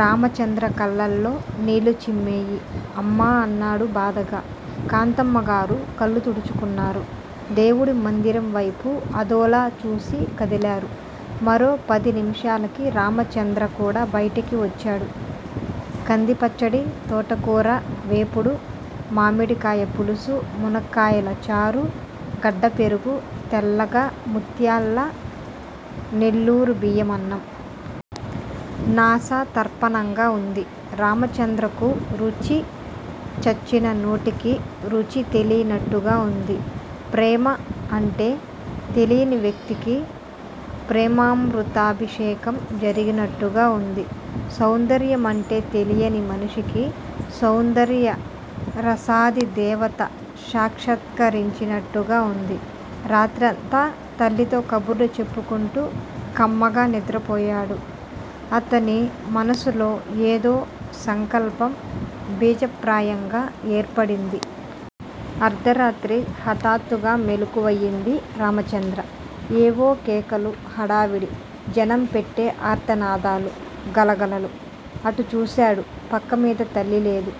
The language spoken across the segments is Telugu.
రామచంద్ర కళ్ళలో నీళ్ళు చిమ్మేయి. అమ్మా అన్నాడు బాధగా. కాంతమ్మగారూ కళ్ళు తుడుచుకున్నారు. దేవుడి మందిరం వైపు అదోలా చూసి కదిలారు. మరో పది నిమిషాలకి రామచంద్ర కూడా బయటికి వొచ్చాడు. కందిపచ్చడి, తోటకూర వేపుడు మామిడికాయ పులుసు మునక్కాయల చారు గడ్డ పెరుగు-తెల్లగా ముత్యాల్లా నెల్లూరు బియ్యమన్నం. నాసా తర్పణంగా వుంది. రామచంద్రకు రుచి చచ్చిన నోటికి రుచి తెలినట్టుగా వుంది. ప్రేమ అంటే తెలీని వ్యక్తికీ ప్రేమమృతాభిషేకం జరిగినట్టుగా వుంది సౌందర్యం అంటే తెలియని మనిషికి సౌందర్య రసాదిదేవత సాక్షత్కారించినట్టుగా వుంది. రాత్రంతా తల్లితో కబుర్లు చెప్పుకుంటూ కమ్మగా నిద్రపోయాడు. అతని మనస్సులో ఏదో సంకల్పం బీజప్రాయంగా ఏర్పడింది. అర్ధరాత్రి! హటాత్తుగా మెళుకువవైంది రామచంద్ర. ఏవో కేకలు! హడావుడి! జనం పెట్టె ఆర్తనాదాలు! గలగలలు. అటూ చూశాడు పక్క మీద తల్లిలేదు.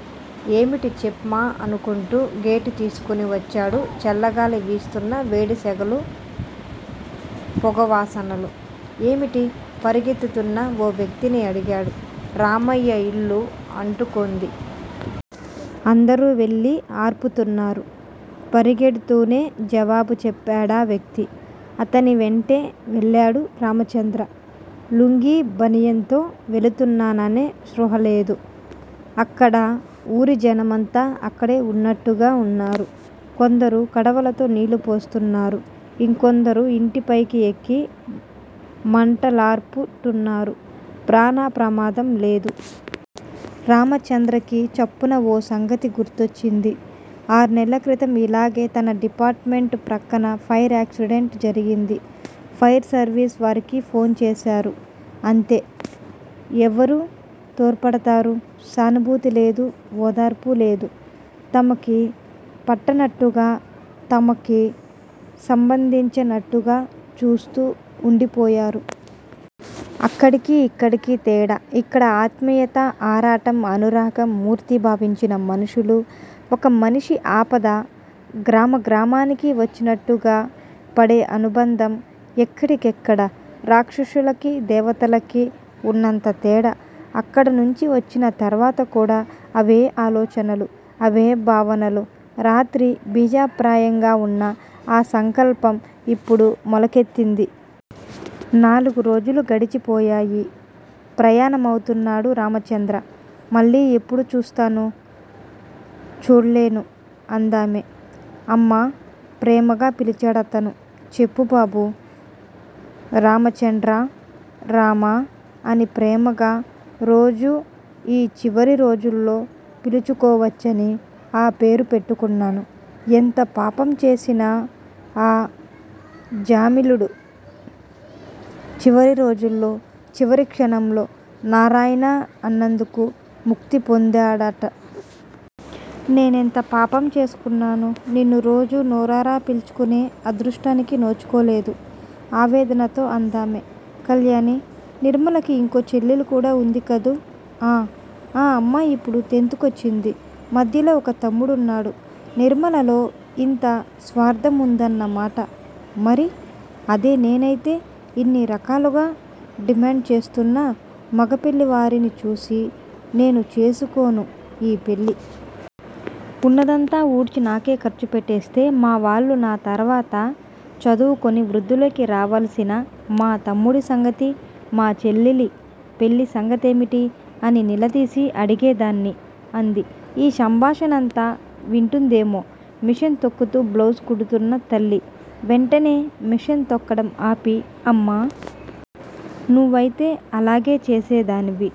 ఏమిటి చెప్మా అనుకుంటూ గేటు తీసుకుని వచ్చాడు చల్లగాలి విస్తున్నా వేడి సెగలు -పొగవాసనలు. ఏమిటి? పరుగెత్తుతున్న ఓ వ్యక్తిని అడిగాడు. రామయ్య ఇల్లు అంటుకోంది. అందరూ వెళ్ళి అర్పుతున్నారు. పరిగెడుతూనే జవాబు చెప్పాడా వ్యక్తి. అతని వెంటే వెళ్ళాడు రామచంద్ర. లుంగీ, బనియన్ తో వెళుతున్నాననే స్పృహ లేదు. అక్కడా ఉరిజనమంతా అక్కడే ఉన్నట్టుగా వున్నారు. కొందరు కడవలతో నీళ్ళు పోస్తున్నారు. ఇంకొందరు ఇంటిపైకి ఎక్కి మంటలార్పుటున్నారు. ప్రాణ ప్రమాదం లేదు. రామచంద్రకి చప్పున ఓ సంగతి గుర్తొచ్చింది. ఆర్నెల్ల క్రితం ఇలాగే తన డిపార్ట్ మెంట్ ప్రక్కన ఫైర్ యాక్సిడెంట్ జరిగింది. ఫైర్ సర్విస్ వారికి ఫోన్ చేశారు. అంతే! ఎవరు తోడ్పడతారు? సానుభూతి లేదు. ఓదార్పు లేదు. తమకి పట్టనట్టుగా తమకి సంబంధించనట్టుగా చూస్తూ ఉండిపోయారు. అక్కడికి యిక్కడికి తేడా? ఇక్కడ ఆత్మీయత ఆరాటం, అనురాగం మూర్తిభావించిన మనుషులు, ఒక మనిషి ఆపద గ్రామ గ్రామానికి వచ్చినట్టుగా పడే అనుబంధం ఎక్కడి కెక్కడ రాక్షసులకి దేవతలకి ఉన్నంత తేడా. అక్కడ నుంచి వచ్చిన తర్వాత కూడా అవే ఆలోచనలు! అవే భావనలు రాత్రి బీజప్రాయంగా వున్న ఆ సంకల్పం యిప్పుడు మొలకెత్తింది. నాలుగు రోజులు గడిచిపోయాయి. ప్రయాణమవుతున్నాడు రామచంద్ర. మళ్ళీ ఎప్పుడు చూస్తాను- చూళ్ళేను అందామె. అమ్మా! ప్రేమగా పిలిచాడతను. చెప్పుబాబూ! రామచండ్రా! 'రామా' అని ప్రేమగా రోజు యీ చివరి రోజుల్లో పిలుచుకొవచ్చని ఆ పేరు పెట్టుకున్నాను. ఎంత పాపం చేసినా ఆజామిళుడు చివరి రోజుల్లో చివరి క్షణంలో నారాయణ అన్నందుకు ముక్తి పొందాడట! నేనెంత పాపం చేసుకున్నాను. నిన్ను రోజు నోరారా పిలుచుకునే అదృష్టానికి నోచుకోలేదు ఆవేదనతో అందామె. కళ్యాణీ! నిర్మలకి ఇంకో చెల్లెలు కూడా వుందికదూ? ఆ! ఆ అమ్మాయి ఇప్పుడు టెన్త్ కొచ్చింది. మధ్యలో ఒక తమ్ముడున్నాడు. నిర్మలలో ఇంత స్వార్ధం వుందన్నమాట! మరి? అదే నేనైతే ఇన్ని రకాలుగా డిమాండు చేస్తున్న మగపెళ్ళివారిని చూసి 'నేను చేసుకోను' ఈ పెళ్ళి. ఉన్నదంతా ఊడ్చి నాకే ఖర్చు పెట్టేస్తే మావాళ్ళు నా తరువాత, చదువుకుని వృద్ధిలోకి రావలసిన మా తమ్ముడి సంగతి, మా చెల్లెలి పెళ్ళి సంగతేమిటి? అని నిలదీసి అడిగేదాన్ని. అంది. ఈ సంభాషణంతా వింటోందేమో, మెషీన్ తొక్కుతూ బ్లౌజు కుడుతున్న తల్లి, వెంటనే మెషీన్ తొక్కడం ఆపి, అమ్మా! నువ్వైతే అలాగే చేసేదానివి.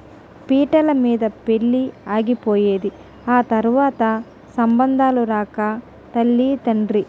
పీటలమీద పెళ్ళి ఆగిపోయేది. ఆ తరువాత సంబంధాలు రాక, తల్లీ తండ్రి